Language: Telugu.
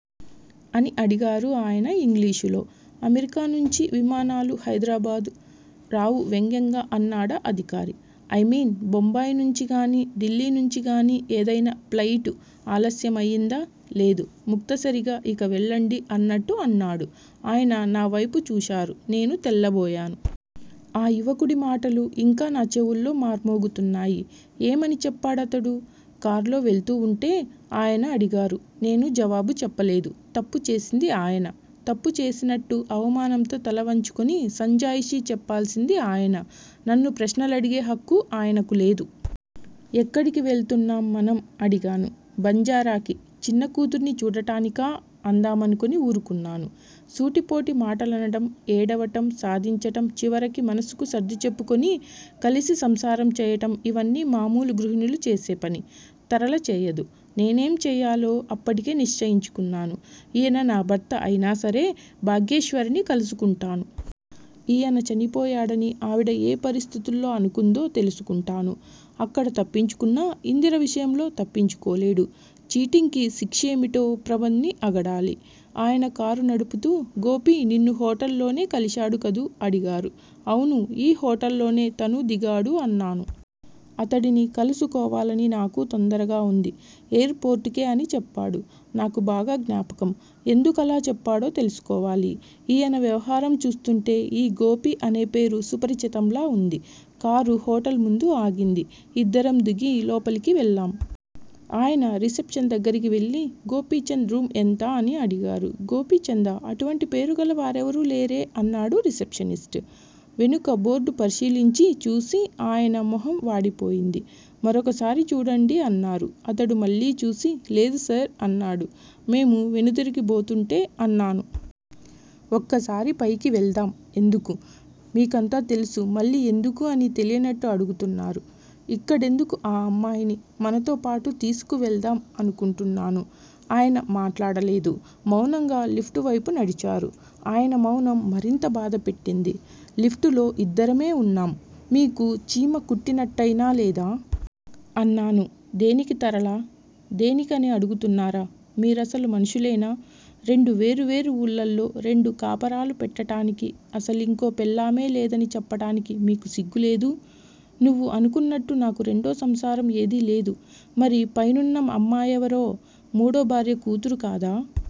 అని అడిగారు ఆయన ఇంగ్లీషులో. అమెరికా నుంచి విమానాలు హైద్రాబాద్ రావు వ్యంగ్యంగా అన్నాడా అధికారి. ఐ మీన్ బొంబాయి నుంచిగానీ, ఢిల్లీ నుంచి గానీ ఏదైనా ఫ్లయిటు ఆలస్యమయిందా? లేదు. ముక్తసరిగా, ఇక వెళ్ళండి అన్నట్టు అన్నాడు. ఆయన నావైపు చూశారు. నేను తెల్లబోయాను. ఆ యువకుడి మాటలు ఇంకా నా చెవుల్లో మార్మోగుతున్నాయి. ఏమని చెప్పాడు అతడు? కార్లో వెళ్తూవుంటే ఆయన అడిగారు. నేను జవాబు చెప్పలేదు తప్పు చేసింది ఆయన. తప్పు చేసినట్టు అవమానంతో తల వంచుకొని సంజాయిషీ చెప్పాల్సింది ఆయన! నన్ను ప్రశ్నలడిగే హక్కు ఆయనకు లేదు. ఎక్కడికి వెళుతున్నాం మనం? అడిగాను. బంజారాకి చిన్నకూతుర్ని చూడటానికా అందామనుకుని వూరుకున్నాను. సూటిపోటి మాటలనడం, ఏడవటం, సాధించటం చివరికి మనసుకు సర్దిచెప్పుకుని కలసి సంసారం చేయటం, ఇవన్నీ మామూలు గృహిణులు చేసేపని. తరళ చేయదు. నేనేం చెయ్యాలో అప్పటికే నిశ్చయించుకున్నాను. ఈయన నా భర్త అయినాసరే, భాగ్యేశ్వరిని కలుసుకుంటాను. ఈయన చనిపోయాడని ఆవిడ ఏ పరిస్థితుల్లో అనుకుందో తెలుసుకుంటాను. అక్కడ తప్పించుకున్నా ఇందిర విషయంలో తప్పించుకోలేడు. చీటింగ్ కి శిక్షేమిటో ప్రబంధ్ ని అగడాలి. ఆయన కారు నడుపుతూ గోపీ నిన్ను హోటల్ లోనే కలిశాడు కదూ అడిగారు. అవును ఈ హోటల్ లోనే తనూ దిగాడు అన్నాను. అతడిని కలుసుకోవాలని నాకూ తొందరగా వుంది. ఎయిర్ పోర్ట్ కే అని చెప్పాడు. నాకు బాగా జ్ఞాపకం. ఎందుకలా చెప్పాడో తెలుసుకోవాలి. ఈయన వ్యవహారం చూస్తూంటే ఈ గోపి అనే పేరు సుపరిచితంలా వుంది. కారు హోటల్ ముందు ఆగింది. ఇద్దరం దిగి లోపలికి వెళ్ళాం. ఆయన రిసెప్షన్ దగ్గిరకి వెళ్ళి గోపిచంద్ రూమ్ ఎంత? అని అడిగారు. గోపీచందా? అటువంటి పేరుగల వారెవరూ లేరే అన్నాడు రిసెప్షనిస్టు, వెనుక బోర్డు పరిశీలించి చూసి ఆయన మొహం వాడిపోయింది. మరొకసారి చూడండి అన్నారు. అతడు మళ్ళీ చూసి, లేదు సర్ అన్నాడు. మేము వెనుదిరగబోతుంటే అన్నాను. ఒక్కసారి పైకి వెళ్దాం ఎందుకు? మీకంతా తెలుసు మళ్ళీ 'ఎందుకు' అని తెలియనట్టు అడుగుతున్నారు! ఇక్కడెందుకు ఆ అమ్మాయిని? మనతోపాటు తీసుకువెళ్దాం అనుకుంటున్నాను. ఆయన మాట్లాడలేదు. మౌనంగా లిఫ్ట్ వైపు నడిచారు. ఆయన మౌనం మరింత బాధపెట్టింది. లిఫ్ట్ లో ఇద్దరమే వున్నాం. మీకు చీమకుట్టినట్టయినా లేదా? అన్నాను. దేనికి తరళా? దేనికి అని అడుగుతున్నారా? మీరసలు మనుషులేనా? రెండు వేరు వేరు వూళ్ళలో రెండు కాపరాలు పెట్టటానికి, అసలింకో పెళ్ళామే లేదని చెప్పటానికి మీకు సిగ్గులేదూ నువ్వు అనుకున్నట్టు నాకు రెండో సంసారం ఏదీ లేదు. మరి పైనున్న అమ్మాయెవరో? మూడో భార్య కూతురుకాదా?